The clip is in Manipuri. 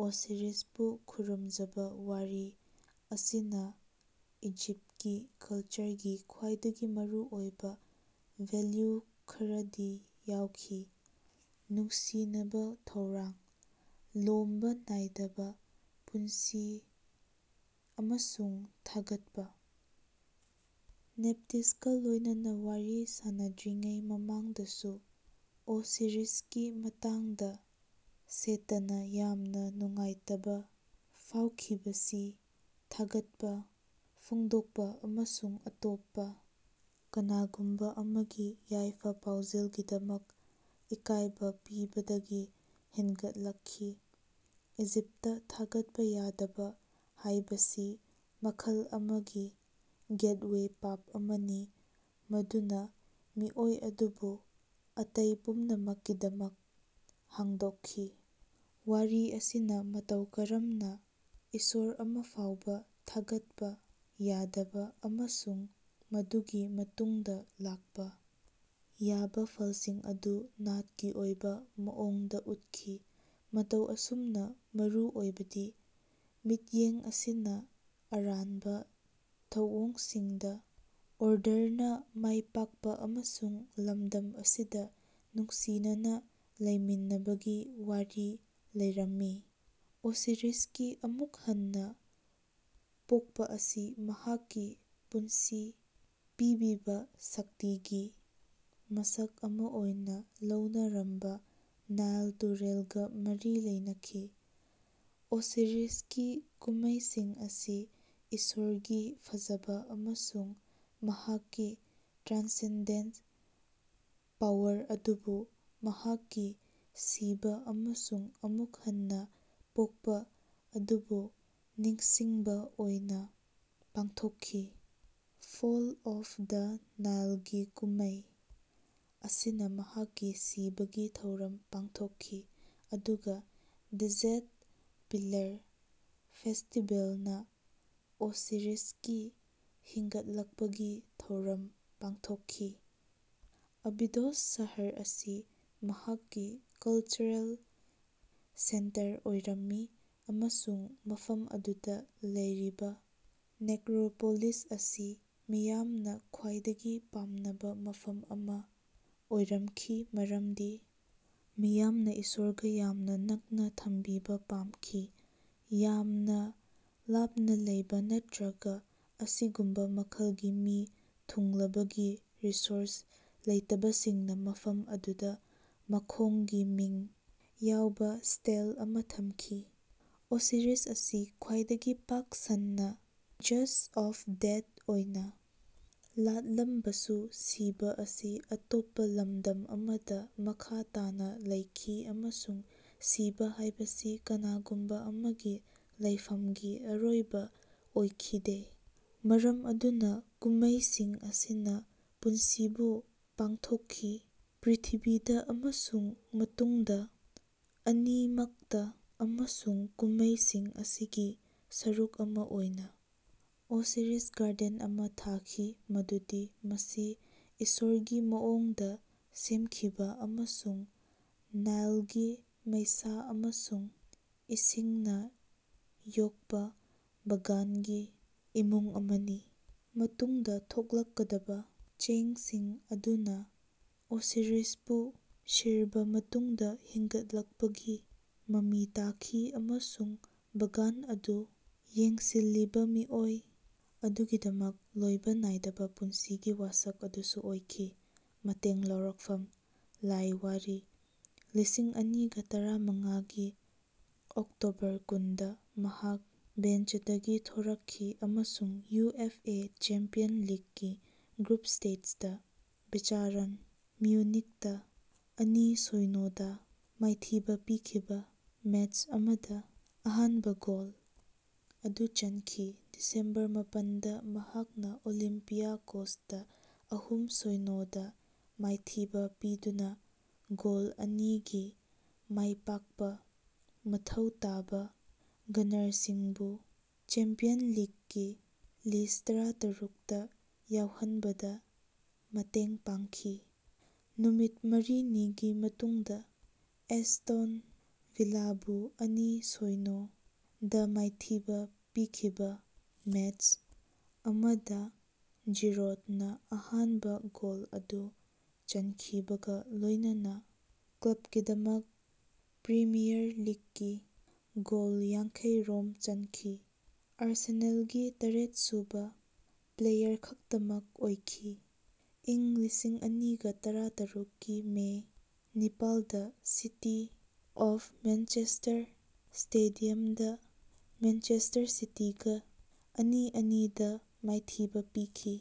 ꯑꯣꯁꯤꯔꯤꯁꯄꯨ ꯈꯨꯔꯨꯝꯖꯕ ꯋꯥꯔꯤ ꯑꯁꯤꯅꯥ ꯏꯖꯤꯞꯀꯤ ꯀꯜꯆꯔꯒꯤ ꯈ꯭ꯋꯥꯏꯗꯒꯤ ꯃꯔꯨꯑꯣꯏꯕꯥ ꯚꯦꯜꯌꯨ ꯈꯔꯗꯤ ꯌꯥꯎꯈꯤ: ꯅꯨꯡꯁꯤꯅꯕꯥ ꯊꯧꯔꯥꯡ, ꯂꯣꯝꯕꯥ ꯅꯥꯏꯗꯕꯥ ꯄꯨꯟꯁꯤ ꯑꯃꯁꯨꯡ ꯊꯥꯒꯠꯄꯥ꯫ ꯅꯦꯞꯇꯤꯁꯀꯥ ꯂꯣꯢꯅꯅꯥ ꯋꯥꯔꯤ ꯁꯥꯅꯗ꯭ꯔꯤꯉꯩ ꯃꯃꯥꯡꯗꯁꯨ ꯑꯣꯁꯤꯔꯤꯁꯀꯤ ꯃꯇꯥꯡꯗꯥ ꯁꯦꯇꯅꯥ ꯌꯥꯝꯅꯥ ꯅꯨꯡꯉꯥꯏꯇꯕꯥ ꯐꯥꯎꯈꯤꯕꯁꯤ ꯊꯥꯒꯠꯄꯥ ꯐꯣꯡꯗꯣꯛꯄꯥ ꯑꯃꯁꯨꯡ ꯑꯇꯣꯞꯄꯥ ꯀꯅꯥꯒꯨꯝꯕꯥ ꯑꯃꯒꯤ ꯌꯥꯏꯐ-ꯄꯥꯎꯖꯦꯜꯒꯤꯗꯃꯛ ꯏꯀꯥꯏꯕꯥ ꯄꯤꯕꯗꯒꯤ ꯍꯦꯟꯒꯠꯂꯛꯈꯤ꯫ ꯏꯖꯤꯞꯇꯥ ꯊꯥꯒꯠꯄꯥ ꯌꯥꯗꯕꯥ ꯍꯥꯢꯕꯁꯤ ꯃꯈꯜ ꯑꯃꯒꯤ "ꯒꯦꯠꯋꯦ ꯄꯥꯞ" ꯑꯃꯅꯤ ꯃꯗꯨꯅꯥ ꯃꯤꯑꯣꯏ ꯑꯗꯨꯕꯨ ꯑꯇꯩ ꯄꯨꯝꯅꯃꯛꯀꯤꯗꯃꯛ ꯍꯥꯡꯗꯣꯛꯈꯤ꯫ ꯋꯥꯔꯤ ꯑꯁꯤꯅꯥ ꯃꯇꯧ ꯀꯔꯝꯅꯥ ꯏꯁꯣꯔ ꯑꯃꯐꯥꯎꯕꯥ ꯊꯥꯒꯠꯄꯥ ꯌꯥꯗꯕꯥ ꯑꯃꯁꯨꯡ ꯃꯗꯨꯒꯤ ꯃꯇꯨꯡꯗꯥ ꯂꯥꯛꯄꯥ ꯌꯥꯕꯥ ꯐꯜꯁꯤꯡ ꯑꯗꯨ ꯅꯥꯠꯀꯤ ꯑꯣꯏꯕꯥ ꯃꯑꯣꯡꯗꯥ ꯎꯠꯈꯤ꯫ ꯃꯇꯧ ꯑꯁꯨꯝꯅꯥ ꯃꯔꯨ ꯑꯣꯏꯕꯗꯤ, ꯃꯤꯠꯌꯦꯡ ꯑꯁꯤꯅꯥ ꯑꯔꯥꯟꯕꯥ ꯊꯧꯑꯣꯡꯁꯤꯡꯗꯥ ꯑꯣꯔꯗꯔꯅꯥ ꯃꯥꯏꯄꯥꯛꯄꯥ ꯑꯃꯁꯨꯡ ꯂꯝꯗꯝ ꯑꯁꯤꯗꯥ ꯅꯨꯡꯁꯤꯅꯅꯥ ꯂꯩꯃꯤꯟꯅꯕꯒꯤ ꯋꯥꯔꯤ ꯂꯤꯔꯝꯃꯤ꯫ ꯑꯣꯁꯤꯔꯤꯁꯀꯤ ꯑꯃꯨꯛ ꯍꯟꯅꯥ ꯄꯣꯛꯄꯥ ꯑꯁꯤ ꯃꯍꯥꯛꯀꯤ ꯄꯨꯟꯁꯤ ꯄꯤꯕꯤꯕꯥ ꯁꯛꯇꯤꯒꯤ ꯃꯁꯛ ꯑꯃꯥ ꯑꯣꯏꯅꯥ ꯂꯧꯅꯔꯝꯕꯥ ꯅꯥꯏꯜ ꯇꯨꯔꯦꯜꯒꯥ ꯃꯔꯤ ꯂꯩꯅꯈꯤ꯫ ꯑꯣꯁꯤꯔꯤꯁꯀꯤ ꯀꯨꯝꯃꯩꯁꯤꯡ ꯑꯁꯤ ꯏꯁꯣꯔꯒꯤ ꯐꯖꯕꯥ ꯑꯃꯁꯨꯡ ꯃꯍꯥꯛꯀꯤ ꯇ꯭ꯔꯥꯟꯁꯦꯟꯗꯦꯟꯇ ꯄꯥꯋꯔ ꯑꯗꯨꯕꯨ ꯃꯍꯥꯛꯀꯤ ꯁꯤꯕꯥ ꯑꯃꯁꯨꯡ ꯑꯃꯨꯛ ꯍꯟꯅꯥ ꯄꯣꯛꯄꯥ ꯑꯗꯨꯕꯨ ꯅꯤꯡꯁꯤꯡꯕꯥ ꯑꯣꯏꯅꯥ ꯄꯥꯡꯊꯣꯛꯈꯤ꯫ ꯐꯣꯜ ꯑꯣꯐ ꯗ ꯅꯥꯏꯂꯒꯤ ꯀꯨꯝꯃꯩ ꯑꯁꯤꯅꯥ ꯃꯍꯥꯛꯀꯤ ꯁꯤꯕꯒꯤ ꯊꯧꯔꯝ ꯄꯥꯡꯊꯣꯛꯈꯤ ꯑꯗꯨꯒꯥ ꯗ꯭ꯖꯦꯗ ꯄꯤꯂꯥꯔ ꯐꯦꯁꯇꯤꯕꯦꯜꯅꯥ ꯑꯣꯁꯤꯔꯤꯁꯀꯤ ꯍꯤꯡꯒꯠꯂꯛꯄꯒꯤ ꯊꯧꯔꯝ ꯄꯥꯡꯊꯣꯛꯈꯤ꯫ ꯑꯕꯤꯗꯣꯁ ꯁꯍꯔ ꯑꯁꯤ ꯃꯍꯥꯛꯀꯤ ꯀꯜꯆꯔꯦꯜ ꯁꯦꯟꯇꯔ ꯑꯣꯏꯔꯝꯃꯤ ꯑꯃꯁꯨꯡ ꯃꯐꯝ ꯑꯗꯨꯗꯥ ꯂꯩꯔꯤꯕꯥ ꯅꯦꯛꯔꯣꯄꯣꯂꯤꯁ ꯑꯁꯤ ꯃꯤꯌꯥꯝꯅꯥ ꯈ꯭ꯋꯥꯏꯗꯒꯤ ꯄꯥꯝꯅꯕꯥ ꯃꯐꯝ ꯑꯃꯥ ꯑꯣꯏꯔꯛꯈꯤ ꯃꯔꯝꯗꯤ ꯃꯤꯌꯥꯝꯅꯥ ꯏꯁꯣꯔꯒꯥ ꯌꯥꯝꯅꯥ ꯅꯛꯅꯥ ꯊꯝꯕꯤꯕꯥ ꯄꯥꯝꯈꯤ꯫ ꯌꯥꯝꯅꯥ ꯂꯥꯞꯅꯥ ꯂꯩꯕꯥ ꯅꯠꯔꯒꯥ ꯑꯁꯤꯒꯨꯝꯕꯥ ꯃꯈꯜꯒꯤ ꯃꯤ ꯊꯨꯡꯂꯕꯒꯤ ꯔꯤꯁꯣꯔꯁ ꯂꯩꯇꯕꯁꯤꯡꯅꯥ ꯃꯐꯝ ꯑꯗꯨꯗꯥ ꯃꯈꯣꯡꯒꯤ ꯃꯤꯡ ꯌꯥꯎꯕꯥ ꯁ꯭ꯇꯦꯜ ꯑꯃꯥ ꯊꯝꯈꯤ꯫ ꯑꯣꯁꯤꯔꯤꯁ ꯑꯁꯤ ꯈ꯭ꯋꯥꯏꯗꯒꯤ ꯄꯥꯛ ꯁꯟꯅꯥ ꯖꯁ ꯑꯣꯐ ꯗꯦꯗ ꯑꯣꯏꯅꯥ ꯂꯥꯠꯂꯝꯂꯕꯁꯨ ꯁꯤꯕꯥ ꯑꯁꯤ ꯑꯇꯣꯞꯄꯥ ꯂꯝꯗꯝ ꯑꯃꯗꯥ ꯃꯈꯥ ꯇꯥꯅꯥ ꯂꯩꯈꯤ ꯑꯃꯁꯨꯡ ꯁꯤꯕꯥ ꯍꯥꯢꯕꯁꯤ ꯀꯅꯥꯒꯨꯝꯕꯥ ꯑꯃꯒꯤ ꯂꯩꯐꯝꯒꯤ ꯑꯔꯣꯏꯕꯥ ꯑꯣꯏꯈꯤꯗꯦ꯫ ꯃꯔꯝ ꯑꯗꯨꯅꯥ ꯀꯨꯝꯃꯩꯁꯤꯡ ꯑꯁꯤꯅꯥ ꯄꯨꯟꯁꯤꯕꯨ ꯄꯥꯡꯊꯣꯛꯈꯤ ꯄ꯭ꯔ꯭ꯤꯊꯤꯕꯤꯗꯥ ꯑꯃꯁꯨꯡ ꯃꯇꯨꯡꯗꯥ ꯑꯅꯤꯃꯛꯇꯥ ꯑꯃꯁꯨꯡ ꯀꯨꯝꯃꯩꯁꯤꯡ ꯑꯁꯤꯒꯤ ꯁꯔꯨꯛ ꯑꯃꯥ ꯑꯣꯏꯅꯥ ꯑꯣꯁꯤꯔꯤꯁ ꯒꯥꯔꯗꯦꯟ ꯑꯃꯥ ꯊꯥꯈꯤ ꯃꯗꯨꯗꯤ ꯃꯁꯤ ꯏꯁꯣꯔꯒꯤ ꯃꯑꯣꯡꯗꯥ ꯁꯦꯝꯈꯤꯕꯥ ꯑꯃꯁꯨꯡ ꯅꯥꯏꯂꯒꯤ ꯃꯩꯁꯥ ꯑꯃꯁꯨꯡ ꯏꯁꯤꯡꯅꯥ ꯌꯣꯛꯄꯥ ꯕꯥꯒꯥꯟꯒꯤ ꯐꯃꯨꯡ ꯑꯃꯅꯤ꯫ ꯃꯇꯨꯡꯗꯥ ꯊꯣꯛꯂꯛꯀꯗꯕꯥ ꯆꯦꯡꯁꯤꯡ ꯑꯗꯨꯅꯥ ꯑꯣꯁꯤꯔꯤꯁꯄꯨ ꯁꯤꯔꯕꯥ ꯃꯇꯨꯡꯗꯥ ꯍꯤꯡꯒꯠꯂꯛꯄꯒꯤ ꯃꯃꯤ ꯇꯥꯈꯤ ꯑꯃꯁꯨꯡ ꯕꯥꯒꯥꯟ ꯑꯗꯨ ꯌꯦꯡꯁꯤꯜꯂꯤꯕꯥ ꯃꯤꯑꯣꯏ ꯑꯗꯨꯒꯤꯗꯃꯛ ꯂꯣꯢꯕꯥ ꯅꯥꯏꯗꯕꯥ ꯄꯨꯟꯁꯤꯒꯤ ꯋꯥꯁꯛ ꯑꯗꯨꯁꯨ ꯑꯣꯏꯈꯤ꯫ ꯃꯇꯦꯡ ꯂꯧꯔꯛꯐꯝ:ꯂꯥꯏ ꯋꯥꯔꯤ꯫ ꯂꯤꯁꯤꯡꯑꯅꯤꯒ ꯇꯔꯥꯃꯉꯥ ꯒꯤ ꯑꯣꯛꯇꯣꯕꯔ ꯀꯨꯟꯗꯥ ꯃꯍꯥꯛ ꯕꯦꯟꯆꯇꯒꯤ ꯊꯣꯔꯛꯈꯤ ꯑꯃꯁꯨꯡ ꯌꯨ꯬ꯑꯦꯐ꯬ꯑꯦ ꯆꯦꯝꯄꯤꯌꯟꯁ ꯂꯤꯒꯀꯤ ꯒ꯭ꯔꯨꯞ ꯁ꯭ꯇꯦꯖꯇꯥ ꯕꯦꯌꯥꯔꯟ ꯃ꯭ꯌꯨꯅꯤꯛꯇꯥ ꯑꯅꯤ-ꯁꯣꯢꯅꯣꯗꯥ ꯃꯥꯏꯊꯤꯕꯥ ꯄꯤꯈꯤꯕꯥ ꯃꯦꯆ ꯑꯃꯗꯥ ꯑꯍꯥꯟꯕꯥ ꯒꯣꯜ ꯑꯗꯨ ꯆꯟꯈꯤ ꫰ ꯗꯤꯁꯦꯝꯕꯔ ꯃꯄꯟꯗꯥ ꯃꯍꯥꯛꯅꯥ ꯑꯣꯂꯤꯝꯄꯤꯌꯥꯀꯣꯁꯇꯥ ꯑꯍꯨꯝ-ꯁꯣꯢꯅꯣꯗꯥ ꯃꯥꯏꯊꯤꯕꯥ ꯄꯤꯗꯨꯅꯥ ꯒꯣꯜ ꯑꯅꯤꯒꯤ ꯃꯥꯏꯄꯥꯛꯄꯥ ꯃꯊꯧ ꯇꯥꯕꯥ ꯒꯅꯔꯁꯤꯡꯕꯨ ꯆꯦꯝꯄꯤꯌꯟꯁ ꯂꯤꯒꯀꯤ ꯂꯥꯁ꯭ꯠ-ꯇꯔꯥꯇꯔꯨꯛꯇꯥ ꯌꯥꯎꯍꯟꯕꯗꯥ ꯃꯇꯦꯡ ꯄꯥꯡꯈꯤ ꫰ ꯅꯨꯃꯤꯠ ꯃꯔꯤꯅꯤꯒꯤ ꯃꯇꯨꯡꯗꯥ ꯑꯦꯁꯇꯣꯟ ꯚꯤꯂꯥꯕꯨ ꯑꯅꯤ-ꯁꯣꯢꯅꯣ ꯗꯥ ꯃꯥꯏꯊꯤꯕꯥ ꯄꯤꯈꯤꯕꯥ ꯃꯦꯆ ꯑꯃꯗꯥ ꯖꯤꯔꯣꯗꯅꯥ ꯑꯍꯥꯟꯕꯥ ꯒꯣꯜ ꯑꯗꯨ ꯆꯟꯈꯤꯕꯒꯥ ꯂꯣꯏꯅꯅꯥ ꯀ꯭ꯂꯕꯀꯤꯗꯃꯛ ꯄ꯭ꯔꯤꯃꯤꯌꯥꯔ ꯂꯤꯒꯀꯤ ꯒꯣꯜ ꯌꯥꯡꯈꯩꯔꯣꯝ ꯊꯥꯈꯤꯕꯥ ꯑꯥꯔꯁꯦꯅꯥꯜꯒꯤ ꯇꯔꯦꯠꯁꯨꯕꯥ ꯄ꯭ꯂꯦꯌꯥꯔ ꯈꯛꯇꯃꯛ ꯑꯣꯏꯈꯤ ꫰ ꯢꯪ ꯂꯤꯁꯤꯡꯑꯅꯤꯒ ꯇꯔꯥꯇꯔꯨꯛ ꯀꯤ ꯃꯦ ꯅꯤꯄꯥꯜꯗꯥ ꯁꯤꯇꯤ ꯑꯣꯐ ꯃ꯭ꯌꯥꯟꯆꯦꯁꯇꯔ ꯁ꯭ꯇꯦꯗꯤꯌꯝꯗꯥ ꯃ꯭ꯌꯥꯟꯆꯦꯁꯇꯔ ꯁꯤꯇꯤꯒꯥ ꯑꯅꯤ-ꯑꯅꯤ ꯗꯥ ꯃꯥꯏꯊꯤꯕꯥ ꯄꯤꯈꯤ꯫